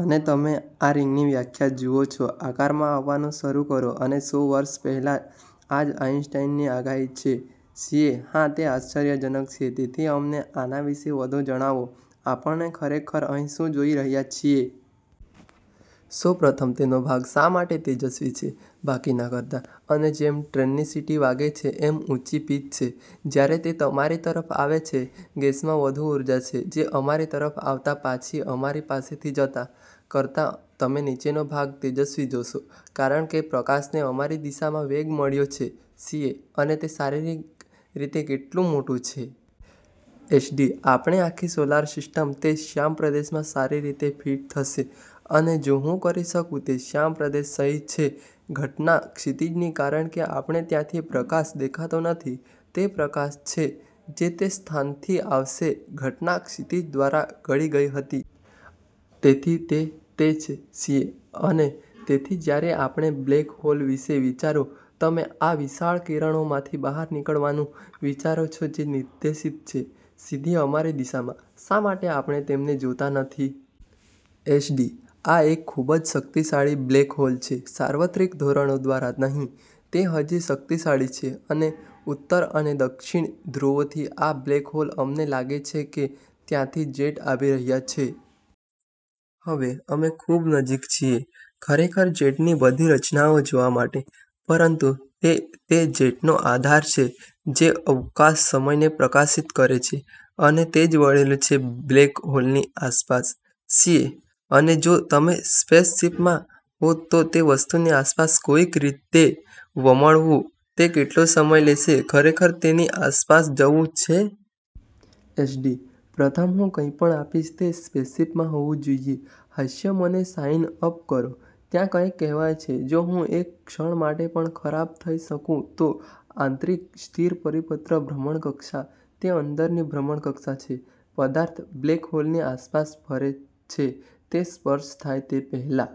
અને તમે આ રિંગની વ્યાખ્યા જુઓ છો આકારમાં આવવાનું શરૂ કરો. અને સો વર્ષ પહેલાં આ જ આઈન્સ્ટાઈનની આગાહી છે સીએ: હા, તે આશ્ચર્યજનક છે। તેથી અમને આના વિશે વધુ જણાવો આપણે ખરેખર અહીં શું જોઈ રહ્યા છીએ. સૌ પ્રથમ, તેનો ભાગ શા માટે તેજસ્વી છે બાકીના કરતાં? અને જેમ ટ્રેન ની સીટી વાગે છે એમ ઉંચી પિચ છે જ્યારે તે તમારી તરફ આવે છે, ગેસમાં વધુ ઉર્જા છે જે અમારી તરફ આવતા પાછી અમારી પાસેથી જતા કરતાં તમે નીચેનો ભાગ તેજસ્વી જોશો કારણ કે પ્રકાશ ને અમારી દિશામાં વેગ મળ્યો છે સીએ: અને તે શારીરિક રીતે કેટલું મોટું છે? એસડી: આપણી આખી સોલર સિસ્ટમ તે શ્યામ પ્રદેશમાં સારી રીતે ફિટ થશે. અને જો હું કરી શકું, તે શ્યામ પ્રદેશ સહી છે ઘટના ક્ષિતિજની કારણ કે આપણે ત્યાંથી પ્રકાશ દેખાતો નથી, તે પ્રકાશ છે જે તે સ્થાનથી આવશે ઘટના ક્ષિતિજ દ્વારા ગળી ગઈ હતી. તેથી તે તે છે. સીએ: અને તેથી જ્યારે આપણે બ્લેક હોલ વિશે વિચારો, તમે આ વિશાળ કિરણો માંથી બહાર નીકળવા નું વિચારો છો જે નિર્દેશિત છે સીધી અમારી દિશામાં. શા માટે આપણે તેમને જોતા નથી? એસડી: આ એક ખૂબ જ શક્તિશાળી બ્લેક હોલ છે. સાર્વત્રિક ધોરણો દ્વારા નહીં, તે હજી શક્તિશાળી છે, અને ઉત્તર અને દક્ષિણ ધ્રુવોથી આ બ્લેક હોલ અમને લાગે છે કે ત્યાંથી જેટ આવી રહ્યા છે. હવે, અમે ખૂબ નજીક છીએ ખરેખર જેટની બધી રચનાઓ જોવા માટે, પરંતુ તે તે જેટનો આધાર છે જે અવકાશ-સમયને પ્રકાશિત કરે છે. અને તે જ વળેલું છે બ્લેક હોલ ની આસપાસ. સીએ: અને જો તમે સ્પેસશીપમાં હોત તો તે વસ્તુની આસપાસ કોઈક રીતે વમળવું, તે કેટલો સમય લેશે ખરેખર તેની આસપાસ જવું છે? એસડી: પ્રથમ, હું કંઇપણ આપીશ તે સ્પેસશીપમાં હોવુ જોઇએ હાસ્ય મને સાઇન અપ કરો. ત્યાં કંઈક કહેવાય છે જો હું એક ક્ષણ માટે પણ ખરાબ થઈ શકું તો આંતરિક સ્થિર પરિપત્ર ભ્રમણકક્ષા, તે અંદરની ભ્રમણકક્ષા છે પદાર્થ બ્લેક હોલની આસપાસ ફરે છે તે સર્પ થાય તે પહેલાં.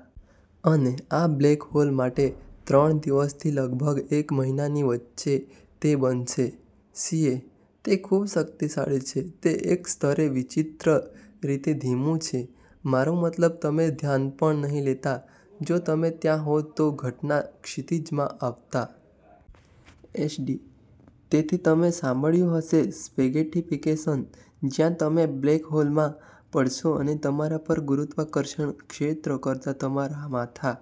અને આ બ્લેક હોલ માટે, ત્રણ દિવસથી લગભગ એક મહિનાની વચ્ચે તે બનશે સીએ: તે ખૂબ શક્તિશાળી છે, તે એક સ્તરે વિચિત્ર રીતે ધીમું છે. મારો મતલબ, તમે ધ્યાન પણ નહીં લેતા જો તમે ત્યાં હોત તો ઘટના ક્ષિતિજ માં આવતા. એસ. ડી.: તેથી તમે સાંભળ્યું હશે "સ્પેગેટિફિકેશન," જ્યાં તમે બ્લેક હોલમાં પડશો અને તમારા પગ પર ગુરુત્વાકર્ષણ ક્ષેત્ર કરતાં તમારા માથા